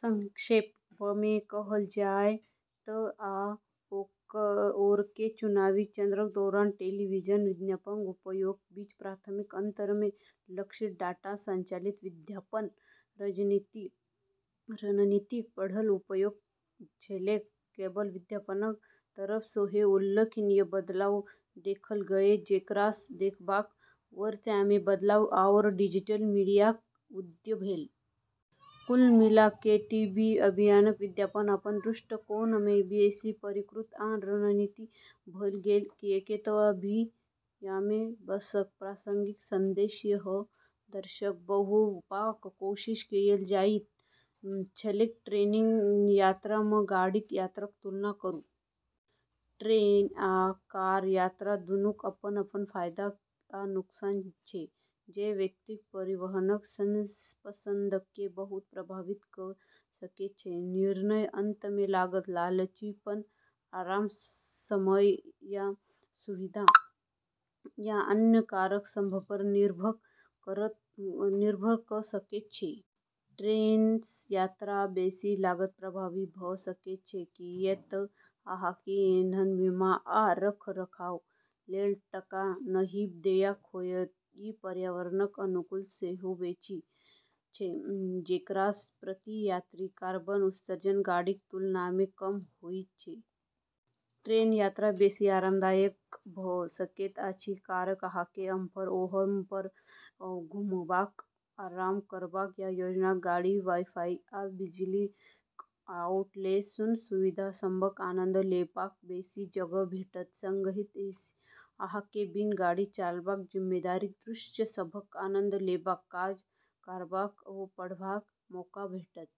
संक्षेपमे कहल जाय तऽ आओरके चुनावी चक्रक दौरान टेलीविजन विज्ञापनक उपयोगक बीच प्राथमिक अंतरमे लक्षित, डाटा संचालित विज्ञापन रणनीतिक बढ़ल उपयोग छलैक। केबल विज्ञापनक तरफ सेहो उल्लेखनीय बदलाव देखल गेलै, जेकरासँ देखबाक वरीयतामे बदलाव आओर डिजिटल मीडियाक उदय भेल। कुल मिला कऽ टीवी अभियानक विज्ञापन अपन दृष्टिकोणमे बेसी परिष्कृत आ रणनीतिक भऽ गेलै, किऐक तऽ अभियानमे सबसँ प्रासंगिक संदेश सही दर्शक धरि पहुँचबाक कोशिश कएल जाइत छलैक। ट्रेनसँ यात्रा आ गाड़ीसँ यात्राक तुलना करू। ट्रेन आ कार यात्रा दूनूक अपन-अपन फायदा आ नुकसान छै जे व्यक्तिक परिवहनक पसंदकेँ बहुत प्रभावित कऽ सकैत छै। निर्णय अंततः लागत, लचीलापन, आराम, समय आ सुविधा, आ अन्य कारक सभपर निर्भर कऽ सकैत छै। ट्रेनसँ यात्रा बेसी लागत प्रभावी भऽ सकैत छै, किऐक तऽ अहाँकेँ ईंधन, बीमा, आ रखरखाव लेल टका नहि देबाक होयत। ई पर्यावरणक अनुकूल सेहो बेसी छै, जेकरासँ प्रति यात्री कार्बन उत्सर्जन गाड़ीक तुलनामे कम होइत छै। ट्रेन यात्रा बेसी आरामदायक भऽ सकैत अछि, कारण, अहाँकेँ एम्हर-ओम्हर घुमबाक, आराम करबाक, आ भोजनक गाड़ी, वाई-फाई, आ बिजलीक आउटलेट सन सुविधा सभक आनंद लेबाक बेसी जगह भेटत। संगहि एहिसँ अहाँकेँ बिना गाड़ी चलाबाक जिम्मेदारीक दृश्य सभक आनंद लेबाक, काज करबाक वा पढ़बाक मौका भेटत।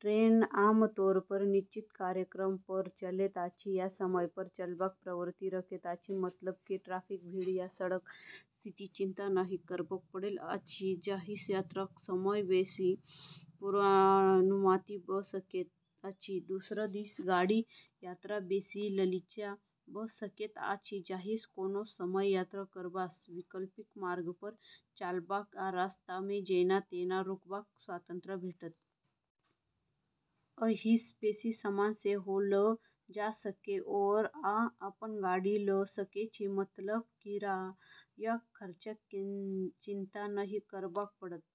ट्रेन आमतौरपर निश्चित कार्यक्रमपर चलैत अछि आ समयपर चलबाक प्रवृत्ति रखैत अछि, मतलब जे ट्रैफिकक भीड़ वा सड़कक स्थितिक चिंता नहि करबाक पड़ैत अछि, जाहिसँ यात्राक समय बेसी पूर्वानुमानित भऽ सकैत अछि। दोसर दिस, गाड़ीसँ यात्रा बेसी लचीला भऽ सकैत अछि, जाहिसँ कोनो समय यात्रा करबाक, वैकल्पिक मार्गपर चलबाक, आ रास्तामे जेना-तेना रुकबाक स्वतंत्रता भेटत। एहिसँ बेसी सामान सेहो लऽ जा सकै छी, आओर अहाँ अपन गाड़ी लऽ सकै छी, मतलब किरायाक खर्चाक चिंता नहि करबाक पड़त।